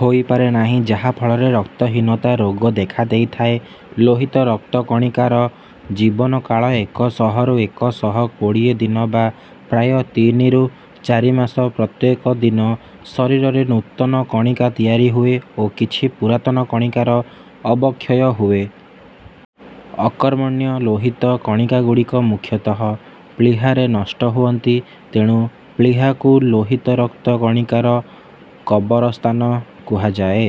ହୋଇପାରେ ନାହିଁ ଯାହା ଫଳରେ ରକ୍ତହୀନତା ରୋଗ ଦେଖା ଦେଇଥାଏ। ଲୋହିତ ରକ୍ତ କଣିକାର ଜୀବନକାଳ ଏକ ଶହରୁ ଏକ ଶହ କୋଡ଼ିଏ ଦିନ ବା ପ୍ରାୟ ତିନିରୁ ଚାରି ମାସ। ପ୍ରତ୍ୟେକ ଦିନ ଶରୀରରେ ନୂତନ କଣିକା ତିଆରି ହୁଏ ଓ କିଛି ପୁରାତନ କଣିକାର ଅବକ୍ଷୟ ହୁଏ। ଅକର୍ମଣ୍ୟ ଲୋହିତ କଣିକାଗୁଡ଼ିକ ମୁଖ୍ୟତଃ ପ୍ଳୀହାରେ ନଷ୍ଟ ହୁଅନ୍ତି। ତେଣୁ ପ୍ଳୀହାକୁ ଲୋହିତରକ୍ତ କଣିକାର କବରସ୍ଥାନ କୁହାଯାଏ।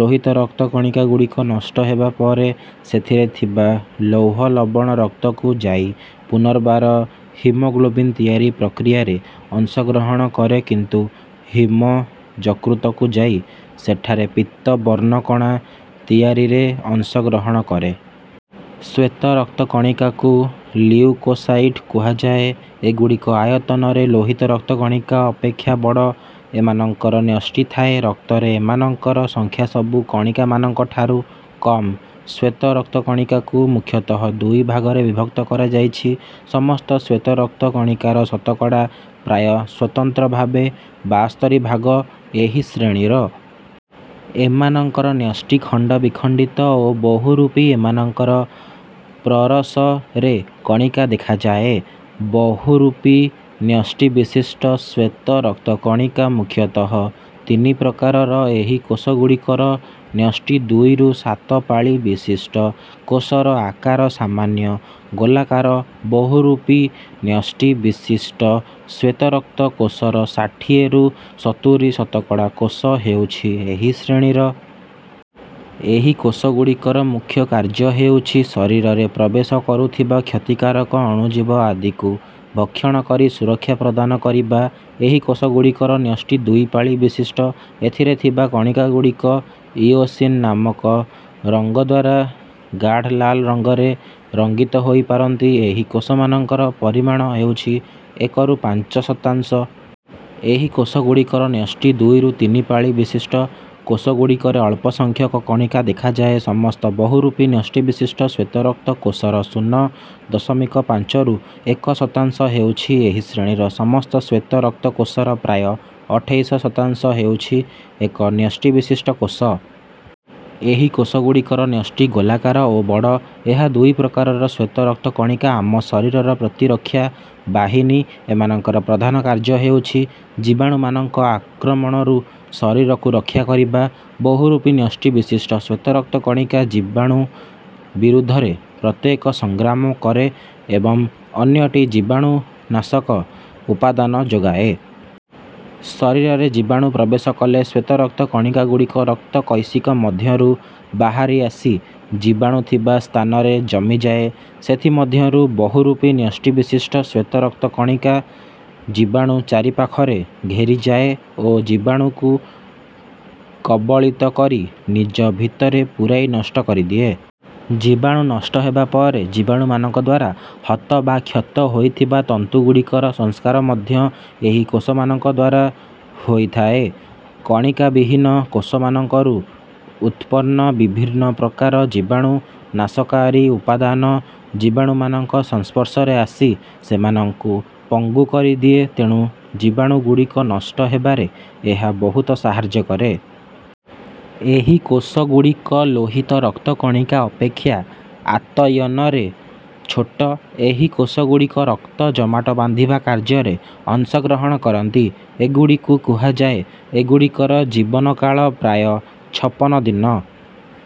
ଲୋହିତରକ୍ତ କଣିକାଗୁଡ଼ିକ ନଷ୍ଟ ହେବାପରେ ସେଥିରେ ଥିବା ଲୌହଲବଣ ରକ୍ତକୁ ଯାଇ ପୁନର୍ବାର ହିମୋଗ୍ଲୋବିନ ତିଆରି ପ୍ରକ୍ରିୟାରେ ଅଂଶଗ୍ରହଣ କରେ କିନ୍ତୁ ହିମ ଯକୃତକୁ ଯାଇ ସେଠାରେ ପିତ୍ତ ବର୍ଣ୍ଣକଣା ତିଆରିରେ ଅଂଶଗ୍ରହଣ କରେ। ଶ୍ୱେତ ରକ୍ତ କଣିକାକୁ ଲିଉକୋସାଇଟ କୁହାଯାଏ। ଏଗୁଡ଼ିକ ଆୟତନରେ ଲୋହିତ ରକ୍ତ କଣିକା ଅପେକ୍ଷା ବଡ଼। ଏମାନଙ୍କର ନ୍ୟଷ୍ଟି ଥାଏ। ରକ୍ତରେ ଏମାନଙ୍କର ସଂଖ୍ୟାସବୁ କଣିକାମାନଙ୍କ ଠାରୁ କମ। ଶ୍ୱେତ ରକ୍ତ କଣିକାକୁ ମୁଖ୍ୟତଃ ଦୁଇ ଭାଗରେ ବିଭକ୍ତ କରାଯାଇଛି ସମସ୍ତ ଶ୍ୱେତ ରକ୍ତ କଣିକାର ଶତକଡ଼ା ପ୍ରାୟ ସ୍ୱତନ୍ତ୍ର ଭାବେ ବାସ୍ତରି ଭାଗ ଏହି ଶ୍ରେଣୀର। ଏମାନଙ୍କର ନ୍ୟଷ୍ଟି ଖଣ୍ଡବିଖଣ୍ଡିତ ଓ ବହୁରୂପୀ। ଏମାନଙ୍କର ପ୍ରରସ ରେ କଣିକା ଦେଖାଯାଏ। ବହୁରୂପୀ ନ୍ୟଷ୍ଟିବିଶିଷ୍ଟ ଶ୍ୱେତ ରକ୍ତ କଣିକା ମୁଖ୍ୟତଃ ତିନି ପ୍ରକାରର ଏହି କୋଷଗୁଡ଼ିକର ନ୍ୟଷ୍ଟି ଦୁଇରୁ ସାତ ପାଳି ବିଶିଷ୍ଟ। କୋଷର ଆକାର ସାମାନ୍ୟ ଗୋଲାକାର। ବହୁରୂପୀ ନ୍ୟଷ୍ଟି ବିଶିଷ୍ଟ ଶ୍ୱେତ ରକ୍ତ କୋଷର ଷାଠିଏରୁ ସତୁରି ଶତକଡ଼ା କୋଷ ହେଉଛି ଏହି ଶ୍ରେଣୀର। ଏହି କୋଷଗୁଡ଼ିକର ମୁଖ୍ୟ କାର୍ଯ୍ୟ ହେଉଛି ଶରୀରରେ ପ୍ରବେଶ କରୁଥିବା କ୍ଷତିକାରକ ଅଣୁଜୀବ ଆଦିକୁ ଭକ୍ଷଣ କରି ସୁରକ୍ଷା ପ୍ରଦାନ କରିବା। ଏହିକୋଷଗୁଡ଼ିକର ନ୍ୟଷ୍ଟି ଦୁଇ ପାଳି ବିଶିଷ୍ଟ। ଏଥିରେ ଥିବା କଣିକାଗୁଡ଼ିକ ଇଓସିନ ନାମକ ରଙ୍ଗଦ୍ୱାରା ଗାଢ଼ ଲାଲ ରଙ୍ଗରେ ରଙ୍ଗିତ ହୋଇପାରନ୍ତି। ଏହି କୋଷମାନଙ୍କର ପରିମାଣ ହେଉଛି ଏକରୁ ପାଞ୍ଚ ଶତାଂଶ। ଏହି କୋଷଗୁଡ଼ିକର ନ୍ୟଷ୍ଟି ଦୁଇରୁ ତିନି ପାଳି ବିଶିଷ୍ଟ। କୋଷଗୁଡ଼ିକରେ ଅଳ୍ପ ସଂଖ୍ୟକ କଣିକା ଦେଖାଯାଏ। ସମସ୍ତ ବହୁରୂପୀ ନ୍ୟଷ୍ଟିବିଶିଷ୍ଟ ଶ୍ୱେତରକ୍ତ କୋଷର ଶୂନ ଦଶମିକ ପାଞ୍ଚରୁ ଏକ ଶତାଂଶ ହେଉଛି ଏହି ଶ୍ରେଣୀର। ସମସ୍ତ ଶ୍ୱେତ ରକ୍ତ କୋଷର ପ୍ରାୟ ଅଠେଇଶ ଶତାଂଶ ହେଉଛି ଏକ ନ୍ୟଷ୍ଟିବିଶିଷ୍ଟ କୋଷ। ଏହି କୋଷଗୁଡ଼ିକର ନ୍ୟଷ୍ଟି ଗୋଲାକାର ଓ ବଡ଼। ଏହା ଦୁଇ ପ୍ରକାରର ଶ୍ୱେତ ରକ୍ତ କଣିକା ଆମ ଶରୀରର ପ୍ରତିରକ୍ଷା ବାହିନୀ। ଏମାନଙ୍କର ପ୍ରଧାନ କାର୍ଯ୍ୟ ହେଉଛି ଜୀବାଣୁମାନଙ୍କ ଆକ୍ରମଣରୁ ଶରୀରକୁ ରକ୍ଷା କରିବା। ବହୁରୂପୀ ନ୍ୟଷ୍ଟି ବିଶିଷ୍ଟ ଶ୍ୱେତ ରକ୍ତକଣିକା ଜୀବାଣୁ ବିରୁଦ୍ଧରେ ପ୍ରତ୍ୟକ୍ଷ ସଂଗ୍ରାମ କରେ ଏବଂ ଅନ୍ୟଟି ଜୀବାଣୁନାଶକ ଉପାଦାନ ଯୋଗାଏ। ଶରୀରରେ ଜୀବାଣୁ ପ୍ରବେଶ କଲେ ଶ୍ୱେତ ରକ୍ତ କଣିକାଗୁଡ଼ିକ ରକ୍ତ କୈଶିକ ମଧ୍ୟରୁ ବାହାରି ଆସି ଜୀବାଣୁ ଥିବା ସ୍ଥାନରେ ଜମିଯାଏ। ସେଥିମଧ୍ୟରୁ ବହୁରୂପୀ ନ୍ୟଷ୍ଟିବିଶିଷ୍ଟ ଶ୍ୱେତ ରକ୍ତ କଣିକା ଜୀବାଣୁ ଚାରିପାଖରେ ଘେରିଯାଏ ଓ ଜୀବାଣୁକୁ କବଳିତ କରି ନିଜ ଭିତରେ ପୁରାଇ ନଷ୍ଟ କରିଦିଏ। ଜୀବାଣୁ ନଷ୍ଟ ହେବାପରେ ଜୀବାଣୁମାନଙ୍କଦ୍ୱାରା ହତ ବା କ୍ଷତ ହୋଇଥିବା ତନ୍ତୁଗୁଡ଼ିକର ସଂସ୍କାର ମଧ୍ୟ ଏହି କୋଷମାନଙ୍କଦ୍ୱାରା ହୋଇଥାଏ। କଣିକାବିହୀନ କୋଷମାନଙ୍କରୁ ଉତ୍ପନ୍ନ ବିଭିନ୍ନ ପ୍ରକାର ଜୀବାଣୁ ନାଶକାରୀ ଉପାଦାନ ଜୀବାଣୁମାନଙ୍କ ସଂସ୍ପର୍ଶରେ ଆସି ସେମାନଙ୍କୁ ପଙ୍ଗୁ କରିଦିଏ। ତେଣୁ ଜୀବାଣୁଗୁଡ଼ିକ ନଷ୍ଟ ହେବାରେ ଏହା ବହୁତ ସାହାଯ୍ୟ କରେ। ଏହି କୋଷଗୁଡ଼ିକ ଲୋହିତ ରକ୍ତ କଣିକା ଅପେକ୍ଷା ଆତୟନରେ ଛୋଟ। ଏହି କୋଷଗୁଡ଼ିକ ରକ୍ତ ଜମାଟ ବାନ୍ଧିବା କାର୍ଯ୍ୟରେ ଅଂଶଗ୍ରହଣ କରନ୍ତି। ଏଗୁଡ଼ିକୁ କୁହାଯାଏ। ଏଗୁଡ଼ିକର ଜୀବନକାଳ ପ୍ରାୟ ଛପନ ଦିନ।